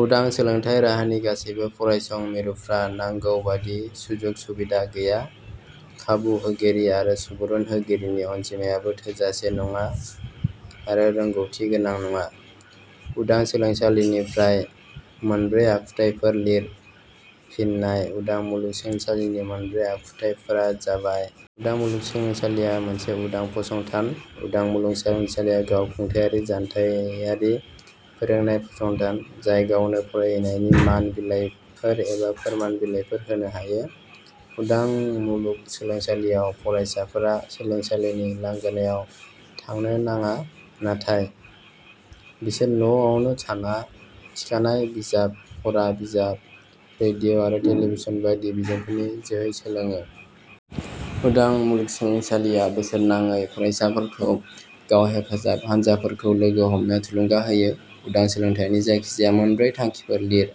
उदां सोलोंथाइ राहानि गासैबो फरायसं मिरुफ्रा नांगौ बादि सुजुग सुबिदा गैया। खाबु होगिरि आरो सुबुरुन होगिरिनि अनजिमायाबो थोजासे नङा आरो रोंगौथि गोनां नङा।।. उदां सोलोंसालिनिफ्राय मोनब्रै आखुथाइफोर लिर। फिन्नाय: उदां मुलुगसोलोंसालिनि मोनब्रै आखुथाइफोरा जाबाय:. उदां मुलुगसोलोंसालिया मोनसे उदां फसंथान. उदां मुलुगसोलोंसालिया गाव खुंथाइयारि जानथाइयारि फोरोंनाय फसंथान, जाय गावनो फरायनायनि मान बिलाइफोर एबा फोरमान बिलाइफोर होनो हायो।. उदां मुलुग सोलोंसालियाव फरायसाफोरा सोलोंसालिनि लांगोनायाव थांनो नाङा, नाथाय बिसोर न 'आवनो थाना थिखानाय बिजाब, फरा बिजाब, रेडिअ ' आरो टेलिभिसन बायदि बिजोंफोरनि जोहै सोलोङो।. उदां मुलुगसोलोंसालिया बोसोरनांयै फरायसाफोरखौ गाव हेफाजाब हानजाफोरखौ लोगो हमनो थुलुंगा होयो।. उदां सोलोंथाइनि जायखिजाया मोनब्रै थांखिफोर लिर।.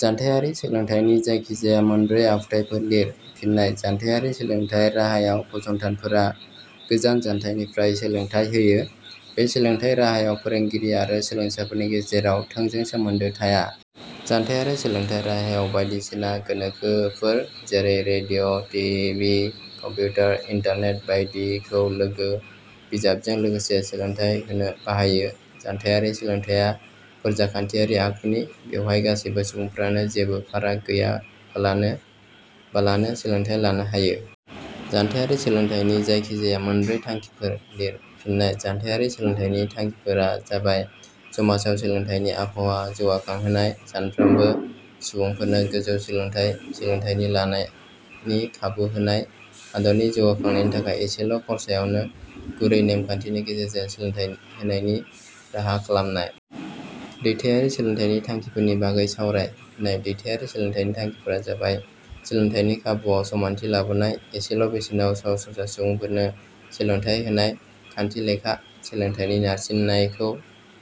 जानथायारि सोलोंथाइनि जायखिजाया मोनब्रै आखुथाइफोर लिर। फिन्नाय: जानथायारि सोलोंथाइ राहायाव फसंथानफोरा गोजान जानथाइनिफ्राय सोलोंथाइ होयो। बे सोलोंथाइ राहायाव फोरोंगिरि आरो सोलोंसाफोरनि गेजेराव थोंजों सोमोन्दो थाया। जानथायारि सोलोंथाइ राहायाव बायदिसिना गोनोखोफोर जेरै – radio, T. V., computer, internet बायदिखौ लोगो बिजाबजों लोगोसे सोलोंथाइ होनो बाहायो। जानथाइयारि सोलोंथाइया फोरजाखान्थियारि आखुनि। बेवहाय गासैबो सुबुंफोरानो जेबो फाराग गैया बालानो बालानो सोलोंथाइ लानो हायो।. जानथाइयारि सोलोंथाइनि जायखिजाया मोनब्रै थांखिफोर लिर। फिन्नाय:जानथाइयारि सोलोंथाइनि थांखिफोरा जाबाय: समाजाव सोलोंथाइनि आबहावा जौगाखांहोनाय। साफ्रोमबो सुबुंफोरनो गोजौ सोलोंथाइ सोलोंथाइ लानायनि खाबु होनाय। हादरनि जौगाखांनायनि थाखाय एसेल ' खरसायावनो गुरै नेम खान्थिनि गेजेरजों सोलोंथाइ होनायनि राहा खालामनाय।. दैथाइयारि सोलोंथाइनि थांखिफोरनि बागै सावराय। फिन्नाय: दैथाइयारि सोलोंथाइनि थांखिफोरा जाबाय: सोलोंथाइनि खाबुवाव समानथि लाबोनाय। एसेल ' बेसेनाव सरासनस्रा सुबुंफोरनो सोलोंथाइ होनाय। खान्थिलेखा सोलोंथाइनि नारसिननायाखौ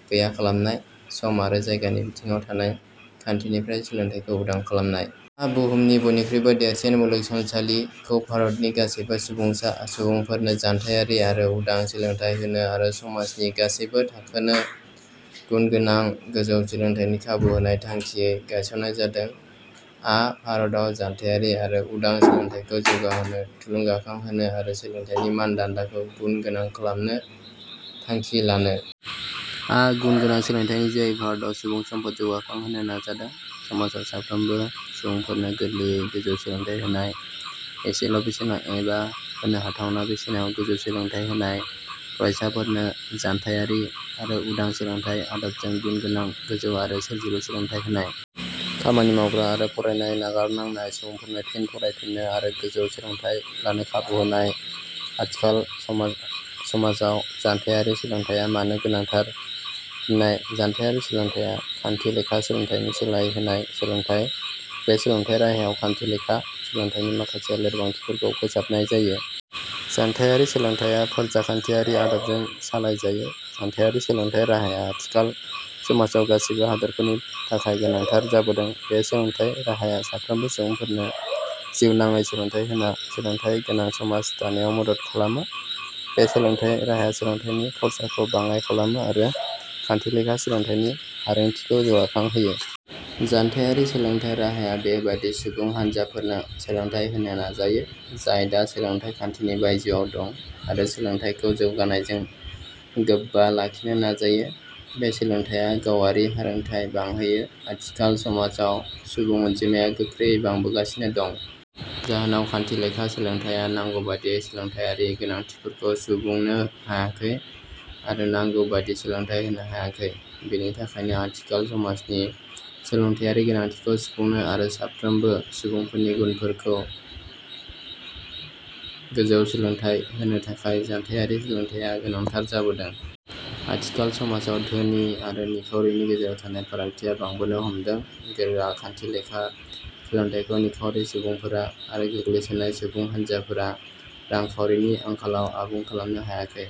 गैया खालामनाय। सम आरो जायगानि बिथिङाव थानाय खान्थिनिफ्राय सोलोंथाइखौ उदां खालामनाय। आ बुहुमनि बयनिख्रुइबो देरसिन मुलुगसोलोंसालि। खौ भारतनि गासैबो सुबुंफोरानो जानथाइयारि आरो उदां सोलोंथाइ होनो आरो समाजनि गासैबो थाखोनो गुन गोनां गोजौ सोलोंथाइनि खाबु होनाय थांखियै गायसननाय जादों। आ भारताव जानथाइयारि आरो उदां सोलोंथाइखौ जौगाहोनो, थुलुंगाखां होनो, आरो सोलोंथाइनि मानदान्दाखौ गुन गोनां खालायनो थांखि लानो। आ गुन गोनां सोलोंथाइनि जोहै भारताव सुबुं सम्पद जौगाखां होनो नाजादों। समाजाव साफ्रोमबो सुबुंफोरनो गोरलैयै गोजौ सोलोंथाइ होनाय। एसेल ' बेसेनाव एबा होनो हाथावना बेसेनाव गोजौ सोलोंथाइ होनाय। फरायसाफोरनो जानथाइयारि आरो उदां सोलोंथाइ आदबजों गुन गोनां गोजौ आरो सोरजिलु सोलोंथाइ होनाय। खामानि मावग्रा आरो फरायनाय नागारनांनाय सुबुंफोरनो फिन फरायफिननो आरो गोजौ सोलोंथाइ लानो खाबु होनाय।. आथिखालाव समाजाव जानथाइयारि सोलोंथाइया मानो गोनांथार? फिन्नाय: जानथाइयारि सोलोंथाइया खान्थिलेखा सोलोंथाइनि सोलाय होनाय सोलोंथाइ। बे सोलोंथाइ राहायाव खान्थिलेखा सोलोंथाइनि माखासे लोरबांथिफोरखौ फोसाबनाय जायो। जानथाइयारि सोलोंथाइया फोरजाखान्थियारि आदबजों सालाय जायो। जानथाइयारि सोलोंथाइ राहाया आथिखाल समाजाव गासैबो हादरफोरनि थाखाय गोनांथार जाबोदों। बे सोलोंथाइ राहाया साफ्रोमबो सुबुंफोरनो जिउनाङै सोलोंथाइ होना सोलोंथाइ गोनां समास दानायाव मदद खालामो। बे सोलोंथाइ राहाया सोलोंथाइनि खरसाखौ बाङाय खालामो आरो खान्थिलेखा सोलोंथाइनि हारोंथिखौ जौगाखां होयो। जानथाइयारि सोलोंथाइ राहाया बे बादि सुबुं हानजाफोरनो सोलोंथाइ होनो नाजायो जाय दा सोलोंथाइ खान्थिनि बायजोआव दं आरो सोलोंथाइखौ जौगानायजों गोबबा लाखिनो नाजायो। बे सोलोंथाइया गावआरि हारोंथाइ बांहोयो। आथिखाल समाजाव सुबुं अनजिमाया गोख्रैयै बांबोगासिनो दं। जाहोनाव खान्थिलेखा सोलोंथाइया नांगौबादियै सोलोंथाइयारि गोनांथिफोरखौ सुबुंनो हायाखै आरो नांगौ बादि सोलोंथाइ होनो हायाखै। बेनि थाखायनो आथिखाल समाजनि सोलोंथाइयारि गोनांथिखौ सुफुंनो आरो साफ्रोमबो सुबुंफोरनि गुनगोनां गोजौ सोलोंथाइ होनो थाखाय जानथाइयारि सोलोंथाइया गोनांथार जोबोदों। आथिखाल समाजाव धोनि आरो निखाउरिनि गेजेराव थानाय फारागथिया बांबोनो हमदों। गोरा खान्थिलेखा सोलोंथाइखौ निखाउरि सुबुंफोरा आरो गोग्लैसोनाय सुबुंहान्जाफोरा रांखाउरिनि आंखालाव आबुं खालामनो हायाखै।